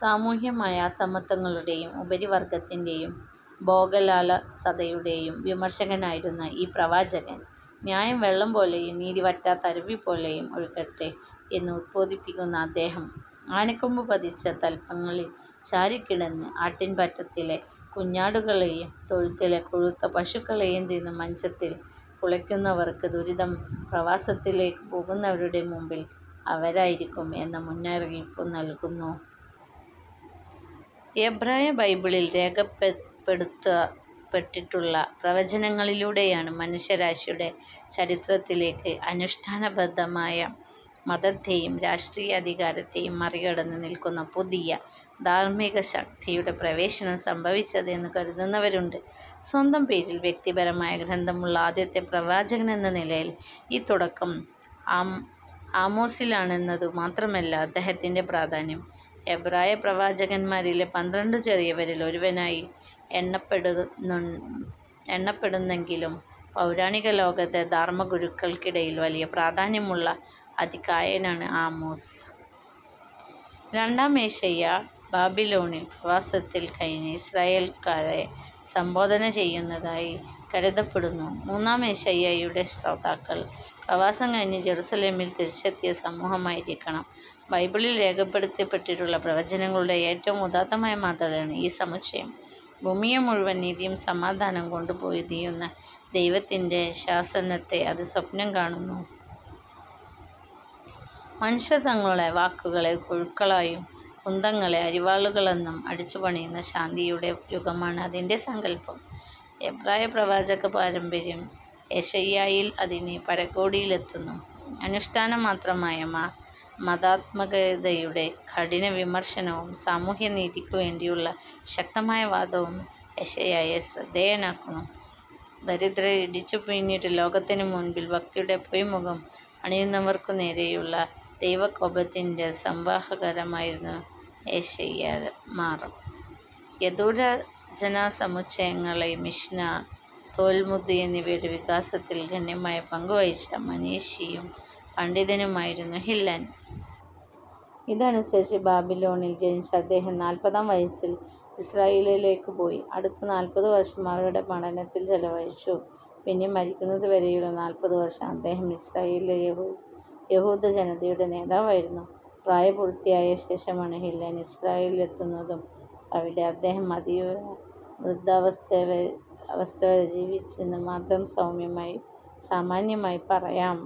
സാമൂഹ്യമായ അസമത്വങ്ങളുടേയും ഉപരിവർഗ്ഗത്തിന്റെ ഭോഗലാലസതയുടേയും വിമർശകനായിരുന്നു ഈ പ്രവാചകൻ. "ന്യായം വെള്ളംപോലെയും നീതി വറ്റാത്ത അരുവിപോലെയും ഒഴുകട്ടെ" എന്ന് ഉദ്ബോധിപ്പിക്കുന്ന അദ്ദേഹം, "ആനക്കൊമ്പു പതിച്ച തല്പങ്ങളിൽ ചാരിക്കിടന്ന് ആട്ടിൻപറ്റത്തിലെ കുഞ്ഞാടുകളേയും, തൊഴുത്തിലെ കൊഴുത്ത പശുക്കളേയും തിന്ന് മഞ്ചത്തിൽ പുളയ്ക്കുന്നവർക്ക് ദുരിതംപ്രവാസത്തിലേക്കു പോകുന്നവരുടെ മുമ്പിൽ അവരായിരിക്കും" എന്ന മുന്നറിയിപ്പും നൽകുന്നു. എബ്രായബൈബിളിൽ രേഖപ്പെടുത്തപ്പെട്ടിട്ടുള്ള പ്രവചനങ്ങളിലൂടെയാണ്, മനുഷ്യരാശിയുടെ ചരിത്രത്തിലേക്ക് അനുഷ്ഠാനബദ്ധമായ മതത്തെയും രഷ്ട്രീയാധികാരത്തേയും മറികടന്നു നിൽക്കുന്ന പുതിയ ധാർമ്മികശക്തിയുടെ പ്രവേശനം സംഭവിച്ചതെന്നു കരുതുന്നവരുണ്ട്. സ്വന്തം പേരിൽ വ്യക്തിപരമായ ഗ്രന്ഥമുള്ള ആദ്യത്തെ പ്രവാചകനെന്ന നിലയിൽ, ഈ തുടക്കം ആമോസിലാണെന്നതു മാത്രമല്ല അദ്ദേഹത്തിന്റെ പ്രാധാന്യം. എബ്രായ പ്രവാചകന്മാരിലെ പന്ത്രണ്ടു 'ചെറിയവരിൽ' ഒരുവനായി എണ്ണപ്പെടുന്നെങ്കിലും, പൗരാണികലോകത്തെ ധർമ്മഗുരുക്കൾക്കിടയിൽ വലിയ പ്രാധാന്യമുള്ള അതികായനാണ് ആമോസ്. രണ്ടാം ഏശയ്യാ ബാബിലോണിൽ പ്രവാസത്തിൽ കഴിഞ്ഞ ഇസ്രായേൽക്കാരെ സംബോധന ചെയ്യുന്നതായി കരുതപ്പെടുന്നു. മൂന്നാം ഏശയ്യായുടെ ശ്രോതാക്കൾ പ്രവാസം കഴിഞ്ഞ് ജറുസലെമിൽ തിരിച്ചെത്തിയ സമൂഹമായിരിക്കണം. ബൈബിളിൽ രേഖപ്പെടുത്തപ്പെട്ടിട്ടുള്ള പ്രവചനങ്ങളുടെ ഏറ്റവും ഉദാത്തമായ മാതൃകയാണ് ഈ സമുച്ചയം. ഭൂമിയെ മുഴുവൻ നീതിയും സമാധാനവും കൊണ്ടുപൊതിയുന്ന ദൈവത്തിന്റെ ശാസനത്തെ അത് സ്വപ്നം കാണുന്നു. മനുഷ്യർ തങ്ങളുടെ "വാളുകളെ കൊഴുക്കളായും കുന്തങ്ങളെ അരിവാളുകളായും അടിച്ചുപണിയുന്ന" ശാന്തിയുടെ യുഗമാണ് അതിന്റെ സങ്കല്പം. എബ്രായപ്രവാചകപാരമ്പര്യം ഏശയ്യായിൽ അതിന്റെ പരകോടിയിലെത്തുന്നു. അനുഷ്ഠാനമാത്രമായ മതാത്മകതയുടെ കഠിനവിമർശനവും സാമൂഹ്യനീതിക്കുവേണ്ടിയുള്ള ശക്തമായ വാദവും ഏശയ്യായെ ശ്രദ്ധേയനാക്കുന്നു. ദരിദ്രരെ ഇടിച്ചുപിഴിഞ്ഞിട്ട് ലോകത്തിനുമുൻപിൽ ഭക്തിയുടെ പൊയ്മുഖം അണിയുന്നവർക്കുനേരേയുള്ള ദൈവകോപത്തിന്റെ സംവാഹകരായിരുന്നു 'ഏശയ്യാമാർ'. യഹൂരചനാസമുച്ചയങ്ങളായ മിഷ്ന, തോൽമുദ് എന്നിവയുടെ വികാസത്തിൽ ഗണ്യമായ പങ്കുവഹിച്ച മനീഷിയും പണ്ഡിതനുമായിരുന്നു ഹില്ലൽ. ഇതനുസരിച്ച്, ബാബിലോണിൽ ജനിച്ച അദ്ദേഹം നാല്പതാം വയസ്സിൽ ഇസ്രായേലിലേയ്ക്കു പോയി, അടുത്ത നാല്പതു വർഷം അവിടെ പഠനത്തിൽ ചെലവഴിച്ചു; പിന്നെ മരിക്കുന്നതുവരെയുള്ള നാല്പതുവർഷം അദ്ദേഹം ഇസ്രായേലിലെ യഹൂദജനതയുടെ നേതാവായിരുന്നു. പ്രായപൂർത്തിയായ ശേഷമാണ് ഹില്ലൽ ഇസ്രായേലിലെതന്നതും അവിടെ അദ്ദേഹം അതീവ വൃദ്ധാവസ്ഥവരെ ജീവിച്ചെന്നും മാത്രം സാമാന്യമായി പറയാം.